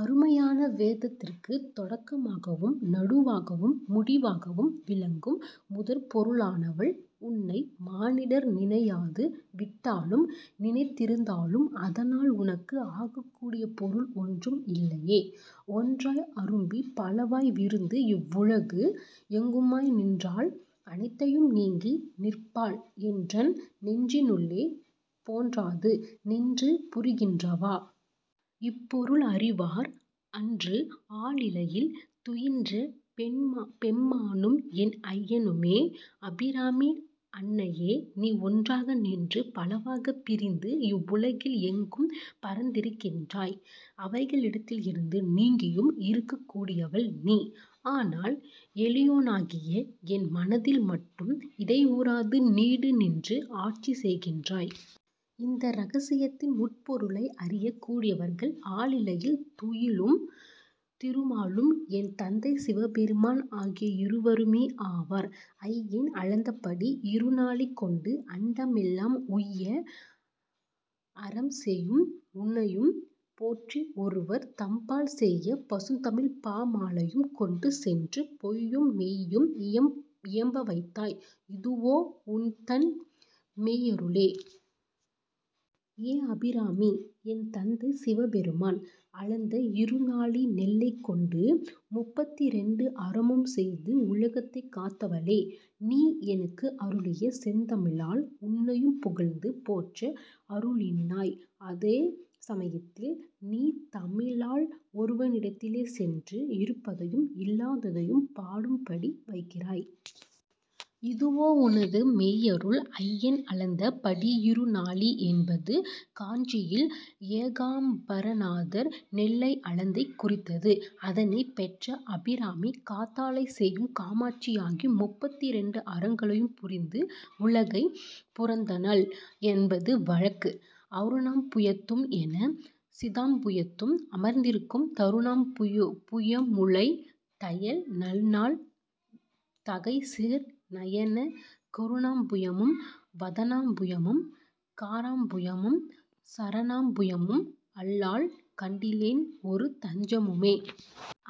அருமையான வேதத்திற்கு தொடக்கமாகவும் நடுவாகவும் முடிவாகவும் விளங்கும் முதற் பொருளானவள்! உன்னை மானிடர் நினையாது விட்டாலும், நினைத்திருந்தாலும் அதனால் உனக்கு ஆகக்கூடிய பொருள் ஒன்றும் இல்லையே! ஒன்றாய் அரும்பி பலவாய் விரிந்து இவ் உலகு எங்குமாய் நின்றாள் அனைத்தையும் நீங்கி நிற்பாள் என்றன் நெஞ்சினுள்ளே பொன்றாது நின்று புரிகின்றவா. இப் பொருள் அறிவார் அன்று ஆலிலையில் துயின்ற பெம்மானும் என் ஐயனுமே. அபிராமி அன்னையே! நீ ஒன்றாக நின்று பலவாகப் பிரிந்து இவ்வுலகில் எங்கும் பரந்திருக்கின்றாய். அவைகளிடத்திலிருந்து நீங்கியும், இருக்கக் கூடியவள் நீ! ஆனால், எளியோனாகிய என் மனத்தில் மட்டும் இடையுறாது நீடு நின்று ஆட்சி செய்கின்றாய். இந்த இரகசியத்தின் உட்பொருளை அறியக் கூடியவர்கள் ஆலிலையில் துயிலும் திருமாலும் என் தந்தை சிவபெருமான் ஆகிய இருவருமே ஆவர். ஐயன் அளந்தபடி இரு நாழி கொண்டு அண்டம் எல்லாம் உய்ய அறம் செயும் உன்னையும் போற்றி ஒருவர் தம்பால் செய்ய பசுந்தமிழ்ப்பாமாலையும் கொண்டு சென்று பொய்யும் மெய்யும் இயம்பவைத்தாய் இதுவோ உன்தன் மெய்யருளே? ஏ அபிராமி! என் தந்தை சிவபெருமான் அளந்த இரு நாழி நெல்லைக் கொண்டு முப்பத்திரண்டு அறமும் செய்து உலகத்தைக் காத்தவளே! நீ எனக்கு அருளிய செந்தமிழால் உன்னையும் புகழ்ந்து போற்ற அருளினாய்! அதே சமயத்தில் நின் தமிழால் ஒருவனிடத்திலே சென்று இருப்பதையும் இல்லாததையும் பாடும்படி வைக்கிறாய்! இதுவோ உனது மெய்யருள்?. ஐயன் அளந்த படியிருநாழி என்பது காஞ்சியில் ஏகாம்பரநாதர் நெல்லைஅளந்ததைக் குறித்தது. அதனைப் பெற்ற அபிராமி காத்தாலைச் செய்யும் காமாட்சியாகி முப்பத்திரெண்டு அறங்களையும் புரிந்து உலகைப் புரந்தனள் என்பது வழக்கு. அருணாம்புயத்தும் என் சித்தாம்புயத்தும் அமர்ந்திருக்கும் தருணாம்புயமுலைத் தையல் நல்லாள் தகை சேர் நயனக் கருணாம்புயமும் வதனாம்புயமும் கராம்புயமும் சரணாம்புயமும் அல்லால் கண்டிலேன் ஒரு தஞ்சமுமே.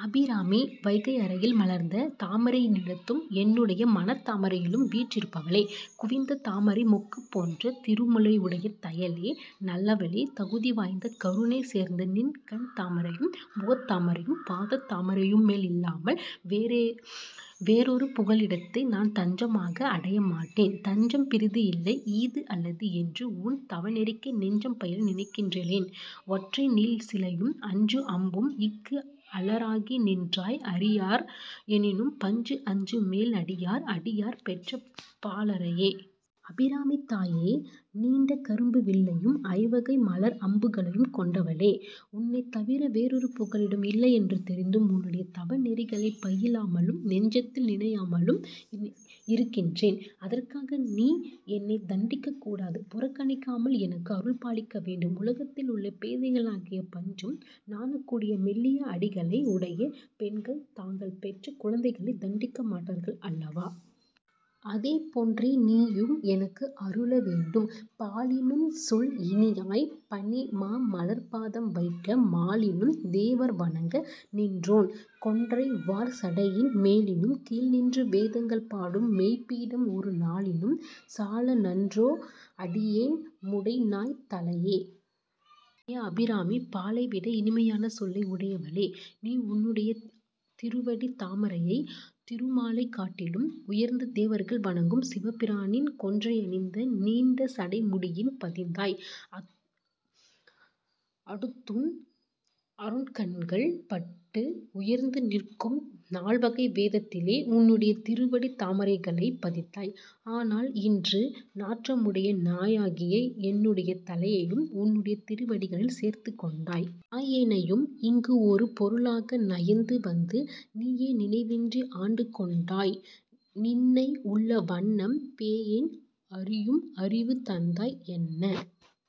அபிராமி! வைகையறையில் மலர்ந்த தாமரையினிடத்தும் என்னுடைய மனத்தாமரையிலும் வீற்றிருப்பவளே! குவிந்த தாமரை மொக்குப் போன்ற திருமுலையுடைய தையலே! நல்லவளே! தகுதி வாய்ந்த கருணை சேர்ந்த நின் கண் தாமரையும், முகத்தாமரையும், பாதத் தாமரையுமேயல்லாமல் வேறொரு புகலிடத்தை நான் தஞ்சமாக அடைய மாட்டேன். தஞ்சம் பிறிது இல்லை ஈது அல்லது என்று உன் தவநெறிக்கே நெஞ்சம் பயில நினைக்கின்றிலேன் ஒற்றை நீள்சிலையும் அஞ்சு அம்பும் இக்கு அலராகி நின்றாய் அறியார் எனினும் பஞ்சு அஞ்சு மெல் அடியார் அடியார் பெற்ற பாலரையே. அபிராமித் தாயே! நீண்ட கரும்பு வில்லையும் ஐவகை மலர் அம்புகளையும் கொண்டவளே! உன்னைத் தவிர வேறொரு புகலிடம் இல்லையென்று தெரிந்தும் உன்னுடைய தவநெறிகளைப் பயிலாமலும் நெஞ்சத்தில் நினையாமலும் இருக்கின்றேன். அதற்காக நீ என்னைத் தண்டிக்கக் கூடாது. புறக்கணிக்காமல் எனக்கு அருள் பாலிக்க வேண்டும். உலகத்திலுள்ள பேதைகளாகிய பஞ்சும் நாணக்கூடிய மெல்லிய அடிகளை உடைய பெண்கள் தாங்கள் பெற்ற குழந்தைகளைத் தண்டிக்க மாட்டார்கள் அல்லவா? அதே போன்றே நீயும் எனக்கு அருள வேண்டும். பாலினும் சொல் இனியாய். பனி மா மலர்ப் பாதம் வைக்க மாலினும் தேவர் வணங்க நின்றோன் கொன்றை வார் சடையின் மேலினும் கீழ்நின்று வேதங்கள் பாடும் மெய்ப் பீடம் ஒரு நாலினும் சால நன்றோ அடியேன் முடை நாய்த் தலையே? ஏ அபிராமி! பாலைவிட இனிமையான சொல்லை உடையவளே! நீ உன்னுடைய திருவடித் தாமரையை திருமாலைக் காட்டிலும் உயர்ந்த தேவர்கள் வணங்கும் சிவபிரானின் கொன்றையனிந்த நீண்ட சடைமுடியில் பதித்தாய். அடுத்துன் அருட்கண்கள் பட்டு உயர்ந்து நிற்கும் நால்வகை வேதத்திலே உன்னுடைய திருவடித் தாமரைகளைப் பதித்தாய். ஆனால் இன்று நாற்றமுடைய நாயாகிய என்னுடைய தலையையும் உன்னுடைய திருவடிகளில் சேர்த்துக் கொண்டாய். நாயேனையும் இங்கு ஒரு பொருளாக நயந்து வந்து நீயே நினைவின்றி ஆண்டு கொண்டாய் நின்னை உள்ளவண்ணம் பேயேன் அறியும் அறிவு தந்தாய் என்ன